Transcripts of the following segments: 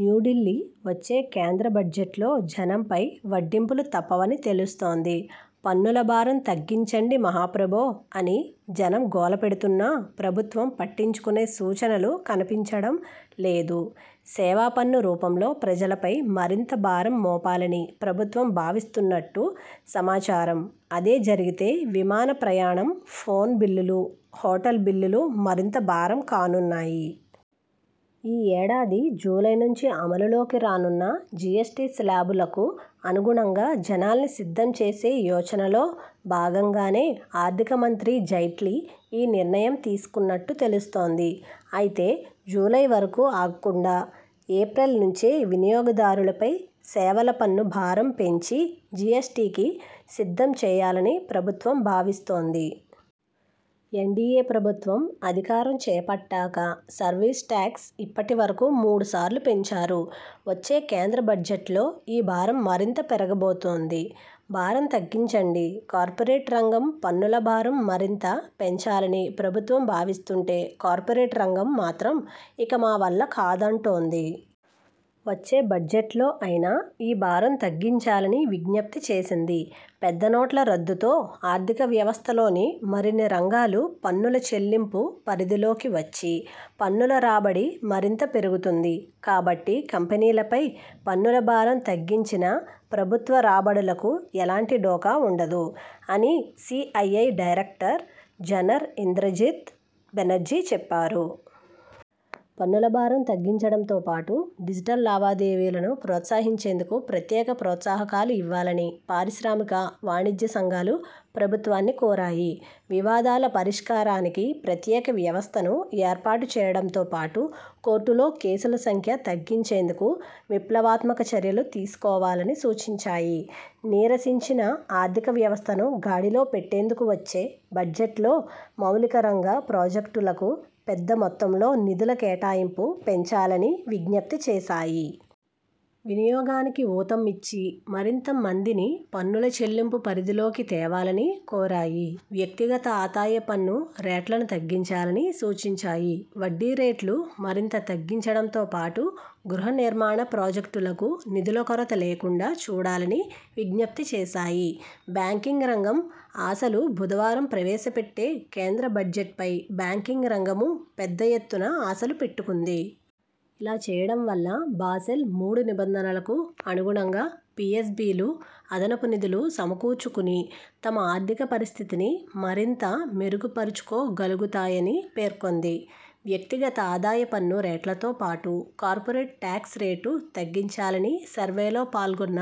న్యూఢిల్లీ వచ్చే కేంద్ర బడ్జెట్లో జనంపై వడ్డింపులు తప్పవని తెలుస్తోంది. పన్నుల భారం తగ్గించండి మహాప్రభో అని జనం గోల పెడుతున్నా ప్రభుత్వం పట్టించుకునే సూచనలు కనిపించడం లేదు. సేవా పన్ను రూపంలో ప్రజలపై మరింత భారం మోపాలని ప్రభుత్వం భావిస్తున్నట్టు సమాచారం. అదే జరిగితే విమాన ప్రయాణం, ఫోన్ బిల్లులు, హోటల్ బిల్లులు మరింత భారం కానున్నాయి. ఈ ఏడాది జూలై నుంచి అమలులోకి రానున్న జి ఎస్ టి శ్లాబులకు అనుగుణంగా జనాల్ని సిద్ధం చేసే యోచనలో భాగంగానే ఆర్థిక మంత్రి జైట్లీ ఈ నిర్ణయం తీసుకున్నట్టు తెలుస్తోంది. అయితే జూలై వరకు ఆగకుండా ఏప్రిల్ నుంచే వినియోగదారులపై సేవల పన్ను భారం పెంచి జి ఎస్ టి కి సిద్ధం చేయాలని ప్రభుత్వం భావిస్తోంది. ఎన్డిఎ ప్రభుత్వం అధికారం చేపట్టాక సర్వీస్ టాక్స్ ఇప్పటి వరకు మూడుసార్లు పెంచారు. వచ్చే కేంద్ర బడ్జెట్లో ఈ భారం మరింత పెరగబోతోంది. భారం తగ్గించండి కార్పొరేట్ రంగంపన్నుల భారం మరింత పెంచాలని ప్రభుత్వం భావిస్తుంటే కార్పొరేట్ రంగం మాత్రం ఇక మా వల్ల కాదంటోంది. వచ్చే బడ్జెట్లో అయినా ఈ భారం తగ్గించాలని విజ్ఞపి చేసింది. 'పెద్ద నోట్ల రద్దుతో ఆర్థిక వ్యవస్థలోని మరిన్ని రంగాలు పన్నుల చెల్లింపు పరిధిలోకి వచ్చి, పన్నుల రాబడి మరింత పెరుగుతుంది. కాబట్టి కంపెనీలపై పన్నుల భారం తగ్గించినా ప్రభుత్వ రాబడులకు ఎలాంటి ఢోకా ఉండదు' అని CII director general Chandrajit Banerjee చెప్పారు. పన్నుల భారం తగ్గించడంతో పాటు డిజిటల్ లావాదేవీలను ప్రోత్సహించేందుకు ప్రత్యేక ప్రోత్సాహకాలు ఇవ్వాలని పారిశ్రామిక, వాణిజ్య సంఘాలు ప్రభుత్వాన్ని కోరాయి. వివాదాల పరిష్కారానికి ప్రత్యేక వ్యవస్థను ఏర్పాటు చేయడంతో పాటు కోర్టుల్లో కేసుల సంఖ్య తగ్గించేందుకు విప్లవాత్మక చర్యలు తీసుకోవాలని సూచించాయి. నీరసించిన ఆర్థిక వ్యవస్థను గాడిలో పెట్టేందుకు వచ్చే బడ్జెట్లో మౌలిక రంగ ప్రాజెక్టులకు పెద్ద మొత్తంలో నిధుల కేటాయింపు పెంచాలని విజ్ఞప్తి చేశాయి. వినియోగానికి ఊతం ఇచ్చి, మరింత మందిని పన్నుల చెల్లింపు పరిధిలోకి తేవాలని కోరాయి. వ్యక్తిగత ఆదాయ పన్ను రేట్లనూ తగ్గించాలని సూచించాయి. వడ్డీ రేట్లు మరింత తగ్గించడంతో పాటు గృహ నిర్మాణ ప్రాజెక్టులకు నిధుల కొరత లేకుండా చూడాలని విజ్ఞప్తి చేశాయి. బ్యాంకింగ్ రంగం ఆశలు బుధవారం ప్రవేశపెట్టే కేంద్ర బడ్జెట్పై బ్యాంకింగ్ రంగమూ పెద్ద ఎత్తున ఆశలు పెట్టుకుంది. ఇలా చేయడం వల్ల బాసెల్ మూడు నిబంధనలకు అనుగుణంగా పిఎస్ బిలు అదనపు నిధులు సమకూర్చుకుని తమ ఆర్థిక పరిస్థితిని మరింత మెరుగుపరుచుకోగలుగుతాయని పేర్కొంది. వ్యక్తిగత ఆదాయ పన్ను రేట్లతోపాటు కార్పొరేట్ టాక్స్ రేటూ తగ్గించాలని సర్వేలో పాల్గొన్న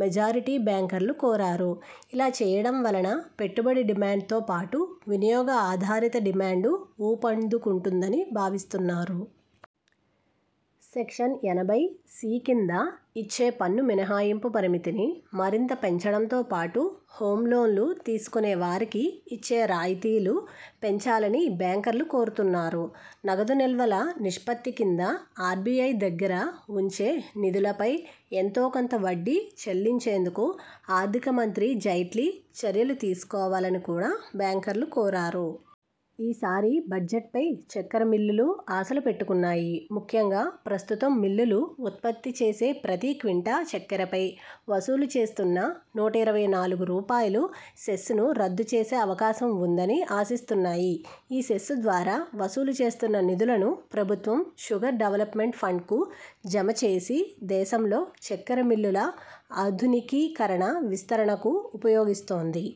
మెజారిటీ బ్యాంకర్లు కోరారు. ఇలా చేయడం వలన పెట్టుబడి డిమాండ్తో పాటు, వినియోగ ఆధారిత డిమాండూ ఊపందుకుంటుందని భావిస్తున్నారు. సెక్షన్ ఎనభై సి కింద ఇచ్చే పన్ను మినహాయింపు పరిమితిని మరింత పెంచడంతోపాటు, హోమ్ లోన్లు తీసుకునే వారికి ఇచ్చే రాయితీలు పెంచాలని బ్యాంకర్లు కోరుతున్నారు. నగదు నిల్వల నిష్పత్తి కింద ఆర్బిఐ దగ్గర ఉంచే నిధులపై ఎంతో కొంత వడ్డీ చెల్లించేందుకు ఆర్థిక మంత్రి జైట్లీ చర్యలు తీసుకోవాలని కూడా బ్యాంకర్లు కోరారు. ఈసారి బడ్జెట్పై చక్కెర మిల్లులూ ఆశలు పెట్టుకున్నాయి. ముఖ్యంగా ప్రస్తుతం మిల్లులు ఉత్పత్తి చేసే ప్రతి క్వింటా చక్కెరపై వసూలు చేస్తున్న నూట ఇరవై నాలుగు రూపాయలు సెస్సును రద్దు చేసే అవకాశం ఉందని ఆశిస్తున్నాయి. ఈ సెస్సు ద్వారా వసూలు చేస్తున్న నిధులను ప్రభుత్వం షుగర్ డెవల్పమెంట్ ఫండ్కు జమ చేసి దేశంలో చక్కెర మిల్లుల ఆధునికీకరణ, విస్తరణకు ఉపయోగిస్తోంది.